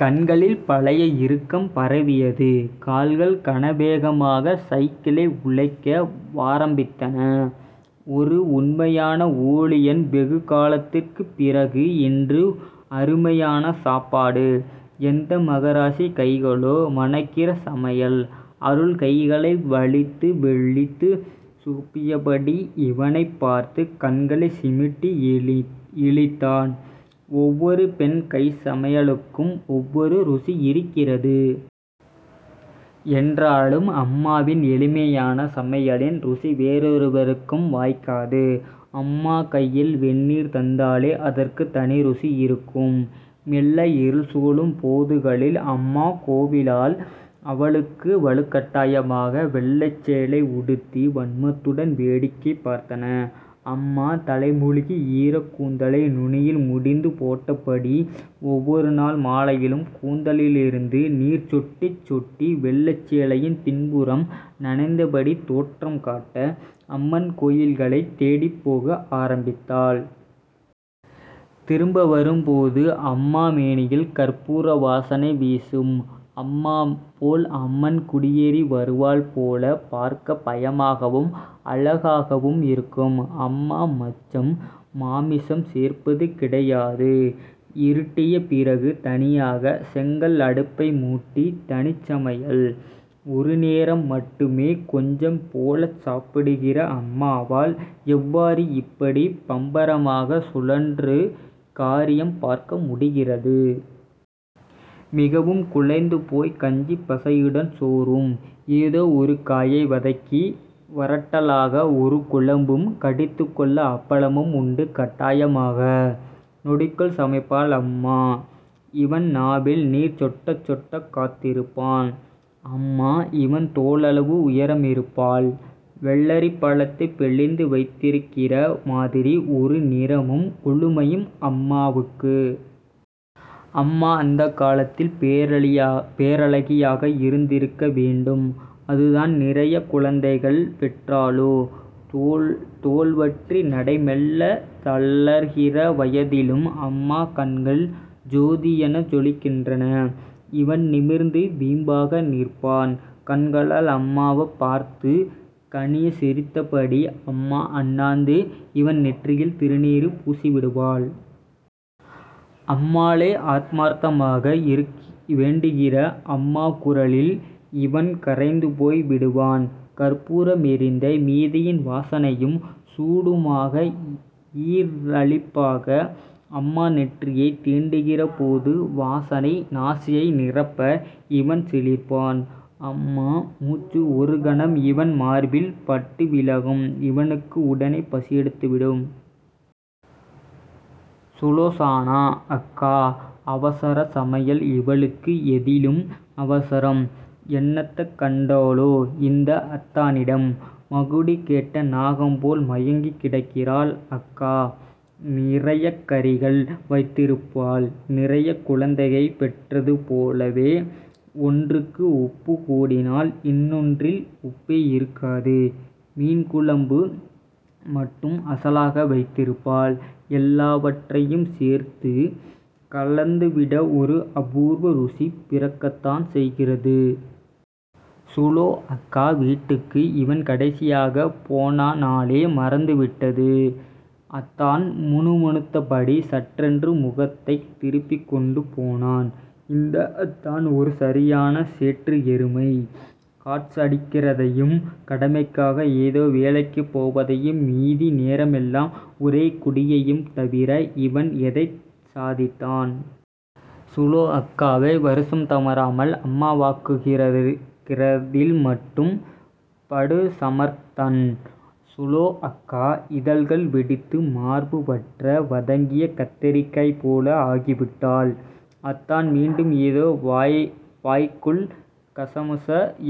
கண்களில் பழைய இறுக்கம் பரவியது. கால்கள் கனவேகமா சைக்கிளை உழக்க வாரம்பித்தன. ஒரு உண்மையான ஊழியன் வெகு காலத்திற்குப்பிறகு, இன்று அருமையான சாப்பாடு. எந்த மகராசி கைகளோ மணக்கிற சமையல். அருள் கைகளை வழித்து வழித்துச் சூப்பியபடி இவனைப் பார்த்து கண்களைச் சிமிட்டி இளித்தான். ஒவ்வொரு பெண் கைச்சமையலுக்கும் ஒவ்வொரு ருசி இருக்கிறது. என்றாலும் அம்மாவின் எளிமையான சமையலின் ருசி வேறெவருக்கும் வாய்க்காது. அம்மா கையால் வெந்நீர் தந்தாலே அதற்குத் தனி ருசி இருக்கும். மெல்ல இருள் சூழும் போதுகளில் அம்மா கோவிலால் அவளுக்கு வலுக்கட்டாயமாக வெள்ளைச்சேலை உடுத்தி வன்மத்துடன் வேடிக்கை பார்த்தன. அம்மா தலை முழுகி ஈரக்கூந்தலை நுனியில் முடிந்து போட்டபடி ஒவ்வொரு நாள் மாலையிலும் கூந்தலிலிருந்து நீர் சொட்டிச் சொட்டி வெள்ளைச்சேலையின் பின்புறம் நனைந்தபடி தோற்றம்காட்ட, அம்மன் கோயில்களைத் தேடிப்போக ஆரம்பித்தாள். திரும்பவரும்போது அம்மா மேனியில் கற்பூர வாசனை வீசும். அம்மா போல் அம்மன் குடியேறி வருவாள் போல பார்க்க பயமாகவும் அழகாகவும் இருக்கும். அம்மா மச்சம் மாமிசம் சேர்ப்பது கிடையாது. இருட்டிய பிறகு தனியாக செங்கல் அடுப்பைமூட்டி தனிச் சமையல். ஒரு நேரம் மட்டுமே கொஞ்சம் போலச் சாப்பிடுகிற அம்மாவால் எவ்வாறு இப்படி பம்பரமாகச் சுழன்று காரியம் பார்க்கமுடிகிறது! மிகவும் குழைந்து போய்க் கஞ்சிப் பசையுடன் சோறும் ஏதோ ஒரு காயை வதக்கி வறட்டலாக ஒரு குழம்பும், கடித்துக்கொள்ள அப்பளம் உண்டு கட்டாயமாக. நொடிக்குள் சமைப்பாள் அம்மா. இவன் நாவில் நீர் சொட்டச்சொட்ட காத்திருப்பான். அம்மா இவன் தோளளவு உயரமிருப்பாள். வெள்ளரிப்பழத்தைப் பிளந்து வைத்திருக்கிற மாதிரி ஒரு நிறமும் குளுமையும் அம்மாவுக்கு. அம்மா அந்தக்காலத்தில் பேரழகியாக இருந்திருக்க வேண்டும். அதுதான் நிறையக் குழந்தைகள் பெற்றாளோ தோல்வற்றி நடை மெல்லத் தளர்கிற இந்த வயதிலும் அம்மா கண்கள் ஜோதியென ஜொலிக்கின்றன. இவன் நிமிர்ந்து வீம்பாக நிற்பான் கண்களால் அம்மாவப் பார்த்து கனியச் சிரித்தபடி. அம்மா அண்ணாந்து இவன் நெற்றியில் திருநீறு பூசிவிடுவாள். அம்மாளே ஆத்மார்த்தமாக வேண்டுகிற அம்மா குரலில் இவன் கரைந்து போய் விடுவான். கற்பூரம் எரிந்த மீதியின் வாசனையும் சூடுமாக ஈரலிப்பாக அம்மா நெற்றியைத் தீண்டுகிற போது வாசனை நாசியை நிரப்ப இவன் சிலிர்ப்பான். அம்மா மூச்சு ஒருகணம் இவன் மார்பில் பட்டுவிலகும். இவனுக்கு உடனே பசியெடுத்துவிடும். சுலோசனா அக்கா அவசரச் சமையல் இவளுக்கு எதிலும் அவசரம் என்னத்தைக் கண்டாளோ இந்த அத்தானிடம். மகுடி கேட்ட நாகம்போல மயங்கிக் கிடக்கிறாள். அக்கா நிறையக்கறிகள். வைத்திருப்பாள் நிறையக் குழந்தைகளைப் பெற்றது போலவே, ஒன்றுக்கு உப்புக்கூடினால் இன்னொன்றில் உப்பே இருக்காது. மீன்குழம்பு மட்டும் அசலாக வைத்திருப்பாள். எல்லாவற்றையும் சேர்த்துக் கலந்துவிட ஒரு அபூர்வ ருசி பிறக்கத்தான் செய்கிறது. சுலோ அக்கா வீட்டுக்கு இவன் கடைசியாகப் போனநாளே மறந்துவிட்டது. அத்தான் முணுமுணுத்தபடி சட்டென்று முகத்தைத் திருப்பிக்கொண்டு போனான். இந்த அத்தான் ஒரு சரியான சேற்று எருமை காட்ஸ் அடிக்கிறதையும், கடமைக்காக ஏதோ வேலைக்குப் போவதையும் மீதி நேரமெல்லாம் ஒரே குடியையும் தவிர இவன் எதைத் சாதித்தான்? சுலோ அக்காவை வருஷம் தவறாமல் அம்மாவாக்குகிறதில் மட்டும் படுசமர்த்தன். சுலோ அக்கா இதழ்கள் வெடித்து மார்பு வற்ற வதங்கிய கத்தரிக்காய் போல ஆகிவிட்டாள். அத்தான் மீண்டும் ஏதோ வாய்க்குள் கசமுச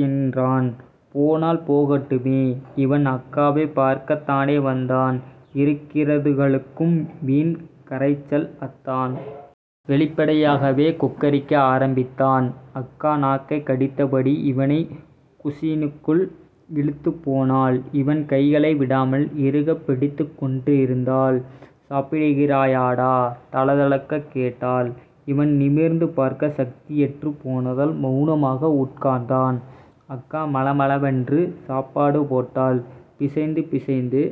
என்றான். போனால் போகட்டுமே! இவன் அக்காவைப் பார்க்கத் தானே வந்தான். இருக்கிறதுகளுக்கும் வீண் கரைச்சல். அத்தான் வெளிப்படையாகவே கொக்கரிக்க ஆரம்பித்தான். அக்கா நாக்கை கடித்தபடி இவனைக் குசினிக்குள் இழுத்துப் போனாள் இவன் கைகளை விடாமல் இறுகப் பிடித்துக் கொண்டேயிருந்தாள். சாப்பிடுகிறியடா தளதளக்க கேட்டாள். இவன் நிமிர்ந்து பார்க்க சக்தியற்றுப் போனதால் மெளனமாக உட்கார்ந்தான். அக்கா மளமளவென்று சாப்பாடு போட்டாள். பிசைந்து பிசைந்து